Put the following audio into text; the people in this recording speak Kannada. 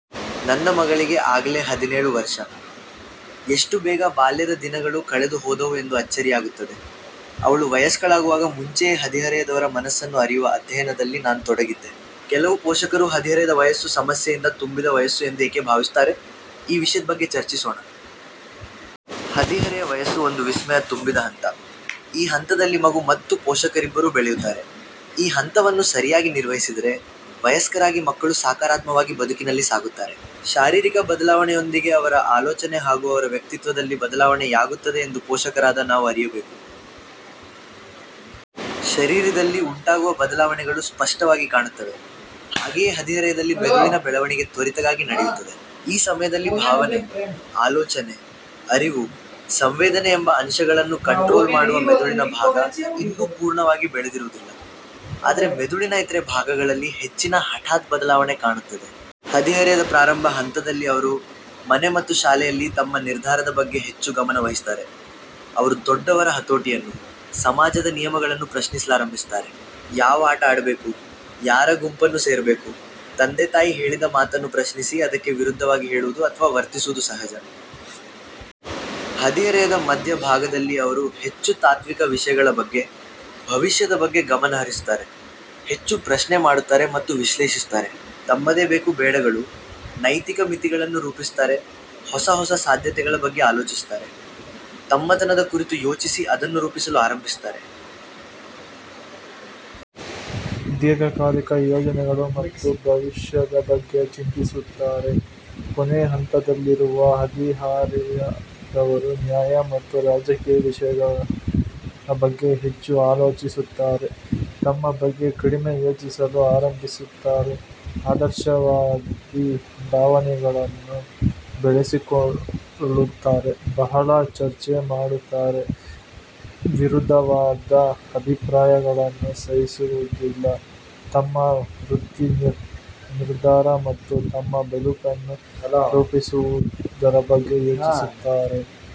ನನ್ನ ಮಗಳಿಗೆ ಆಗಲೇ ಹದಿನೇಳು ವರ್ಷ. ಎಷ್ಟು ಬೇಗ ಬಾಲ್ಯದ ದಿನಗಳು ಕಳೆದು ಹೋದವು ಎಂದು ಅಚ್ಚರಿಯಾಗುತ್ತದೆ. ಅವಳು ವಯಸ್ಕಳಾಗುವಾಗ ಮುಂಚೆಯೇ ಹದಿಹರೆಯದವರ ಮನಸ್ಸನ್ನು ಅರಿಯುವ ಅಧ್ಯಯನದಲ್ಲಿ ನಾನು ತೊಡಗಿದ್ದೆ. ಕೆಲವು ಪೋಷಕರು ಹದಿಹರೆಯದ ವಯಸ್ಸು ಸಮಸ್ಯೆಯಿಂದ ತುಂಬಿದ ವಯಸ್ಸು ಎಂದು ಏಕೆ ಭಾವಿಸುತ್ತಾರೆ? ಈ ವಿಷಯದ ಬಗ್ಗೆ ಚರ್ಚಿಸೋಣ. ಹದಿಹರೆಯ ವಯಸ್ಸು ಒಂದು ವಿಸ್ಮಯ ತುಂಬಿದ ಹಂತ. ಈ ಹಂತದಲ್ಲಿ ಮಗು ಮತ್ತು ಪೋಷಕರಿಬ್ಬರೂ ಬೆಳೆಯುತ್ತಾರೆ. ಈ ಹಂತವನ್ನು ಸರಿಯಾಗಿ ನಿರ್ವಹಿಸಿದರೆ, ವಯಸ್ಕರಾಗಿ ಮಕ್ಕಳು ಸಾಕಾರಾತ್ಮವಾಗಿ ಬದುಕಿನಲ್ಲಿ ಸಾಗುತ್ತಾರೆ. ಶಾರೀರಿಕ ಬದಲಾವಣೆಯೊಂದಿಗೆ ಅವರ ಆಲೋಚನೆ ಹಾಗೂ ಅವರ ವ್ಯಕ್ತಿತ್ವದಲ್ಲಿ ಬದಲಾವಣೆ ಯಾಗುತ್ತದೆ ಎಂದು ಪೋಷಕರಾದ ನಾವು ಅರಿಯಬೇಕು. ಶರೀರಿದಲ್ಲಿ ಉಂಟಾಗುವ ಬದಲಾವಣೆಗಳು ಸ್ಪಷ್ಟವಾಗಿ ಕಾಣುತ್ತವೆ. ಹಾಗೆಯೇ ಹದಿಹರೆಯದಲ್ಲಿ ಮೆದುಳಿನ ಬೆಳವಣಿಗೆ ತ್ವರಿತಗಾಗಿ ನಡೆಯುತ್ತದೆ. ಈ ಸಮಯದಲ್ಲಿ ಭಾವನೆ, ಆಲೋಚನೆ, ಅರಿವು, ಸಂವೇದನೆ ಎಂಬ ಅಂಶಗಳನ್ನು ಕಂಟ್ರೋಲ್ ಮಾಡುವ ಮೆದುಳಿನ ಭಾಗ ಇನ್ನೂ ಪೂರ್ಣವಾಗಿ ಬೆಳೆದಿರುವುದಿಲ್ಲ. ಆದರೆ ಮೆದುಳಿನ ಇತರೆ ಭಾಗಗಳಲ್ಲಿ ಹೆಚ್ಚಿನ ಹಠಾತ್ ಬದಲಾವಣೆ ಕಾಣುತ್ತದೆ. ಹದಿಹರೆಯದ ಪ್ರಾರಂಭ ಹಂತದಲ್ಲಿ ಅವರು ಮನೆ ಮತ್ತು ಶಾಲೆಯಲ್ಲಿ ತಮ್ಮ ನಿರ್ಧಾರದ ಬಗ್ಗೆ ಹೆಚ್ಚು ಗಮನ ವಹಿಸುತ್ತಾರೆ. ಅವರು ದೊಡ್ಡವರ ಹತೋಟಿಯನ್ನು, ಸಮಾಜದ ನಿಯಮಗಳನ್ನು ಪ್ರಶ್ನಿಸಲಾರಂಭಿಸುತ್ತಾರೆ. ಯಾವ ಆಟ ಆಡಬೇಕು, ಯಾರ ಗುಂಪನ್ನು ಸೇರಬೇಕು, ತಂದೆ ತಾಯಿ ಹೇಳಿದ ಮಾತನ್ನು ಪ್ರಶ್ನಿಸಿ ಅದಕ್ಕೆ ವಿರುದ್ಧವಾಗಿ ಹೇಳುವುದು ಅಥವಾ ವರ್ತಿಸುವುದು ಸಹಜ. ಹದಿಹರೆಯದ ಮಧ್ಯ ಭಾಗದಲ್ಲಿ ಅವರು ಹೆಚ್ಚು ತಾತ್ವಿಕ ವಿಷಯಗಳ ಬಗ್ಗೆ, ಭವಿಷ್ಯದ ಬಗ್ಗೆ ಗಮನಹರಿಸುತ್ತಾರೆ. ಹೆಚ್ಚು ಪ್ರಶ್ನೆ ಮಾಡುತ್ತಾರೆ ಮತ್ತು ವಿಶ್ಲೇಷಿಸುತ್ತಾರೆ. ತಮ್ಮದೇ ಬೇಕು ಬೇಡಗಳು, ನೈತಿಕ ಮಿತಿಗಳನ್ನು ರೂಪಿಸುತ್ತಾರೆ, ಹೊಸ ಹೊಸ ಸಾಧ್ಯತೆಗಳ ಬಗ್ಗೆ ಆಲೋಚಿಸುತ್ತಾರೆ. ತಮ್ಮತನದ ಕುರಿತು ಯೋಚಿಸಿ ಅದನ್ನು ರೂಪಿಸಲು ಆರಂಭಿಸುತ್ತಾರೆ. ದೀರ್ಘಕಾಲಿಕ ಯೋಜನೆಗಳು ಮತ್ತು ಭವಿಷ್ಯದ ಬಗ್ಗೆ ಚಿಂತಿಸುತ್ತಾರೆ. ಕೊನೆ ಹಂತದಲ್ಲಿರುವ ಹದಿಹರೆಯದವರು ನ್ಯಾಯ ಮತ್ತು ರಾಜಕೀಯ ವಿಷಯಗಳ ಬಗ್ಗೆ ಹೆಚ್ಚು ಆಲೋಚಿಸುತ್ತಾರೆ. ತಮ್ಮ ಬಗ್ಗೆ ಕಡಿಮೆ ಯೋಚಿಸಲು ಆರಂಭಿಸುತ್ತಾರೆ. ಆದರ್ಶವಾದಿ ಭಾವನೆಗಳನ್ನು ಬೆಳೆಸಿಕೊಳ್ಳುತ್ತಾರೆ. ಬಹಳ ಚರ್ಚೆ ಮಾಡುತ್ತಾರೆ. ವಿರುದ್ಧವಾದ ಅಭಿಪ್ರಾಯಗಳನ್ನು ಸಹಿಸುವುದಿಲ್ಲ. ತಮ್ಮ ವೃತ್ತಿ ನಿರ್ಧಾರ ಮತ್ತು ತಮ್ಮ ಬದುಕನ್ನು ರೂಪಿಸುವುದರ ಬಗ್ಗೆ ಯೋಚಿಸುತ್ತಾರೆ.